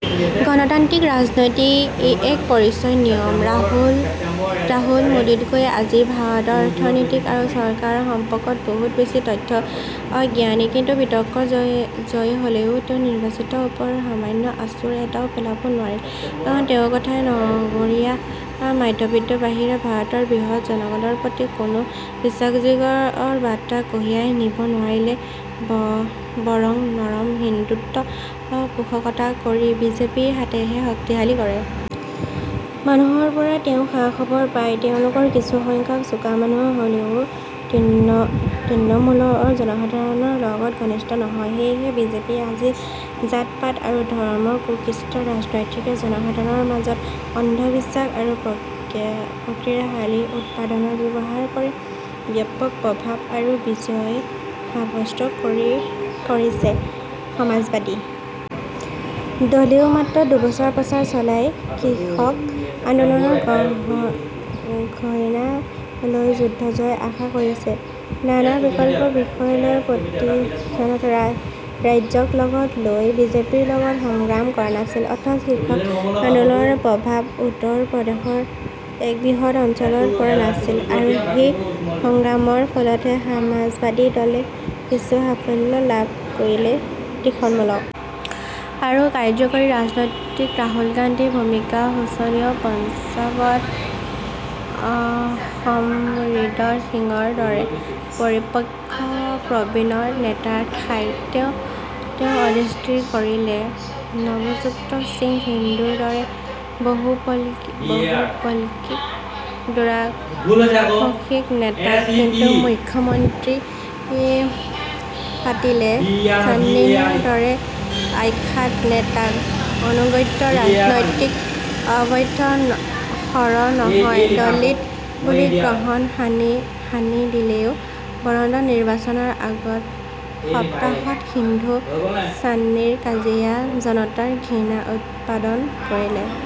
গণতান্ত্ৰিক ৰাজনীতিৰ ই এক পৰিচিত নিয়ম। ৰাহুল মোদীতকৈ আজিৰ ভাৰতৰ অৰ্থনীতি আৰু চৰকাৰ সম্পৰ্কত বহু বেছি তথ্য জ্ঞানী। কিন্তু বিতৰ্কত জয়ী হ'লেও তেওঁ নিৰ্বাচনটোৰ ওপৰত সামান্য আঁচোৰ এটাও পেলাব নোৱাৰিলে। কাৰণ তেওঁৰ কথাই নগৰীয়া মধ্যবিত্তৰ বাহিৰে ভাৰতৰ বৃহৎ জনগণৰ প্ৰতি কোনো বিশ্বাসযোগ্য বাৰ্তা কঢ়িয়াই নিব নোৱাৰিলে, বৰং নৰম হিন্দুত্বৰ পোষকতা কৰি বিজেপিৰ হাতহে শক্তিশালী কৰিলে। মানুহৰ পৰা তেওঁ খা-খবৰ পায়, তেওঁলোকৰ কিছু সংখ্যক চোকা মানুহ হ'লেও তৃণমূলৰ জনতাৰ লগত ঘনিষ্ঠ নহয়। সেয়ে বিজেপিয়ে আজি জাতপাত আৰু ধৰ্মৰ কুৎসিত ৰাজনীতিৰে জনমানসৰ মাজৰ অন্ধবিশ্বাস আৰু প্ৰতিক্ৰিয়াশীল উপাদান ব্যৱহাৰ কৰি ব্যাপক প্ৰভাৱ আৰু বিজয় সাব্যস্ত কৰিছে। সমাজবাদী দলেও মাত্ৰ দুবছৰ প্ৰচাৰ চলাই কৃষক আন্দোলনৰ গইনা লৈ যুদ্ধজয়ৰ আশা কৰিছিল। নানা বিকল্প বিষয় লৈ প্ৰতি ক্ষণত ৰাইজক লগত লৈ বিজেপিৰ লগত সংগ্ৰাম কৰা নাছিল, অথচ কৃষক আন্দোলনৰ প্ৰভাৱ উত্তৰ প্ৰদেশৰ এক বৃহৎ অঞ্চলত পৰা নাছিল আৰু সেই সংগ্ৰামৰ ফলতহে সমাজবাদী দলে কিছু সাফল্য লাভ কৰিলে। তৃণমূলত আৰু কাৰ্যকৰী ৰাজনীতিত ৰাহুল গান্ধীৰ ভূমিকা শোচনীয়। পঞ্জাবত অমৰিন্দৰ সিঙৰ দৰে পৰিপক্ক প্ৰবীণ নেতাৰ ঠাইত তেওঁ অধিস্থিত কৰিলে নৱজোৎ সিং সিদ্ধুৰ দৰে বহুবল্কী, দুৰাকাঙ্ক্ষী নেতাক। কিন্তু মুখ্য মন্ত্ৰী পাতিলে চান্নিৰ দৰে অখ্যাত নেতাক। আনুগত্যৰ ৰাজনীতি অব্যৰ্থ শৰ নহয়, দলিত বুলি ৰহণ সানি দিলেও বৰং নিৰ্বাচনৰ আগৰ সপ্তাহত সিদ্ধু চান্নিৰ কাজিয়াই জনতাৰ ঘৃণা উৎপাদন কৰিলে।